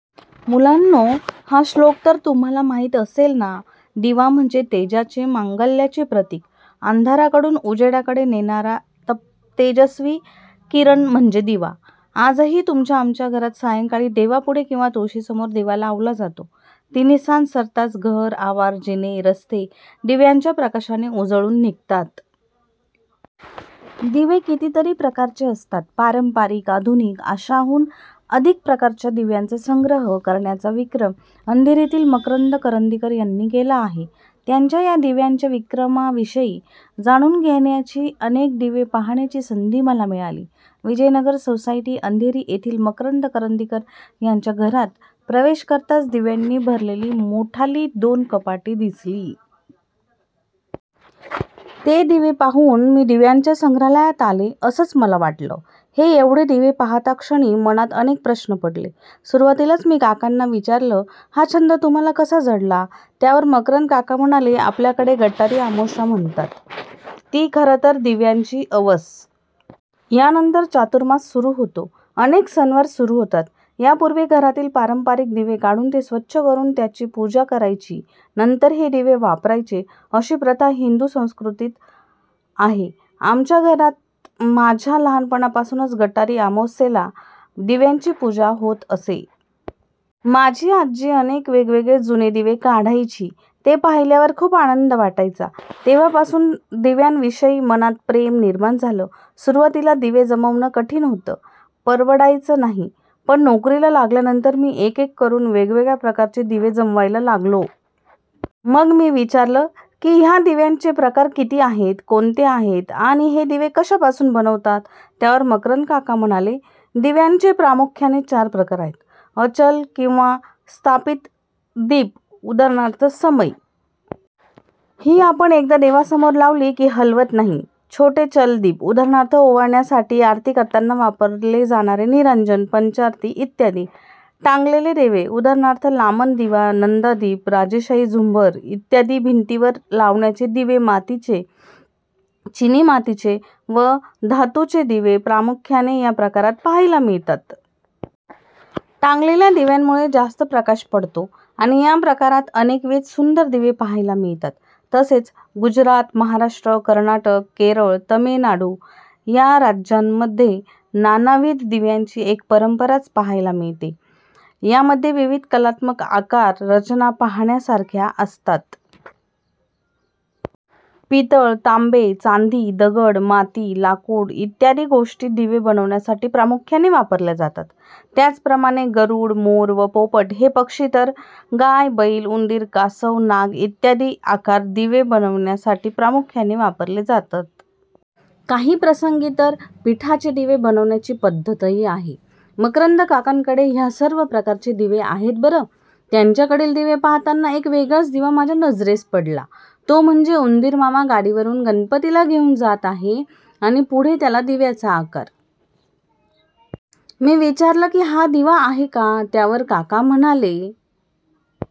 मुलांनो, हा श्लोक तर तुम्हांला माहीत असेल ना! दिवा म्हणजे तेजाचे, मांगल्याचे प्रतीक. अंधाराकडून उजेडाकडे नेणारा तेजस्वी किरण म्हणजे दिवा. आजही तुमच्या-आमच्या घरात सायंकाळी देवापुढे किंवा तुळशीसमोर दिवा लावला जातो. तिन्हीसांज सरताच घर, आवार, जिने, रस्ते दिव्यांच्या प्रकाशाने उजळून निघतात. दिवे कितीतरी प्रकारचे असतात. पारंपरिक, आधुनिक अशा हून अधिक प्रकारच्या दिव्यांचा संग्रह करण्याचा विक्रम, अंधेरीतील मकरंद करंदीकर यांनी केला आहे. त्यांच्या या दिव्यांच्या विक्रमाविषयी जाणून घेण्याची, अनेक दिवे पाहण्याची संधी मला मिळाली. विजयनगर सोसायटी अंधेरी येथील मकरंद करंदीकर यांच्या घरात प्रवेश करताच दिव्यांनी भरलेली मोठाली दोन कपाटे दिसली. ते पाहून मी दिव्यांच्या संग्रहालयात आले आहे, असंच मला वाटलं. हे एवढे दिवे पाहतक्षणी मनात अनेक प्रश्न पडले. सुरुवातीलाच मी काकांना विचारलं- "हा छंद तुम्हांला कसा जडला? " त्यावर मकरंद काका म्हणाले, "आपल्याकडे गटारी अमावास्या म्हणतात, ती खरंतर दिव्यांची अवस. यानंतर चातुर्मास सुरू होतो. अनेक सणवार सुरू होतात. यापूर्वी घरातील पारंपरिक दिवे काढून ते स्वच्छ करून त्याची पूजा करायची, नंतर हे दिवे वापरायचे, अशी प्रथा हिंदू संस्कृतीत आहे. आमच्या घरात माझ्या लहानपणापासून गटारी अमावास्येला दिव्यांची पूजा होत असे. माझी आजी अनेक वेगवेगळे जुने दिवे काढायची ते पाहिल्यावर खूप आनंद वाटायचा. तेव्हापासून दिव्यांविषयी मनात प्रेम निर्माण झालं. सुरूवातीला दिवे जमवणं कठीण होतं. परवडायचं नाही. पण नोकरीला लागल्यानंतर मी एक-एक करुन वेगवेगळ्या प्रकारचे दिवे जमवायला लागलो. " मग मी विचारलं की ह्या दिव्यांचे प्रकार किती आहेत, कोणते आहेत आणि हे दिवे कशापासून बनवितात? त्यावर मकरंद काका म्हणाले की, दिव्यांचे प्रामुख्याने चार प्रकार आहेत.. अचल किंवा स्थापित दीप उदा. समई. ही आपण एकदा देवासमोर लावली की हलवत नाही.. छोटे चल दीप- उदा. ओवाळण्यासाठी, आरती करतांना वापरले जाणारे निरांजन, पंचारती इत्यादी.. टांगलेले दिवे- उदा. लामण दिवा, नंदादीप, राजेशाही झुंबर इत्यादी.. भिंतीवर लावण्याचे दिवे- मातीचे, चीनी मातीचे व धातूचे दिवे प्रामुख्याने या प्रकारात पाहायला मिळतात. टांगलेल्या दिव्यांमुळे जास्त प्रकाश पडतो आणि या प्रकारात अनेकविध सुंदर दिवे पहायला मिळतात. तसेच गुजरात, महाराष्ट्र, कर्नाटक, केरळ, तामिळनाडू या राज्यांमध्ये नानाविध दिव्यांची एक परंपराच पहायला मिळते. यामध्ये विविध कलात्मक आकार, रचना पाहण्यासारख्या असतात. पितळ, तांबे, चांदी, दगड, माती, लाकूड इत्यादी गोष्टी दिवे बनविण्यासाठी प्रामुख्याने वापरल्या जातात. त्याचप्रमाणे गरुड, मोर व पोपट हे पक्षी तर गाय, बैल, उंदीर, कासव, नाग इत्यादी आकार दिवे बनविण्यासाठी प्रामुख्याने वापरले जातात. काही प्रसंगी तर पीठाचे दिवे बनविण्याची पद्धतही आहे. मकरंद काकांकडे ह्या सर्व प्रकारचे दिवे आहेत बरं. त्यांच्याकडील दिवे पाहताना एक वेगळाच दिवा माझ्या नजरेस पडला तो म्हणजे उंदीरमामा गाडीवरून गणपतीला घेऊन जात आहेत आणि पुढे त्याला दिव्याचा आकार. मी विचारलं की हा दिवा आहे का? त्यावर काका म्हणाले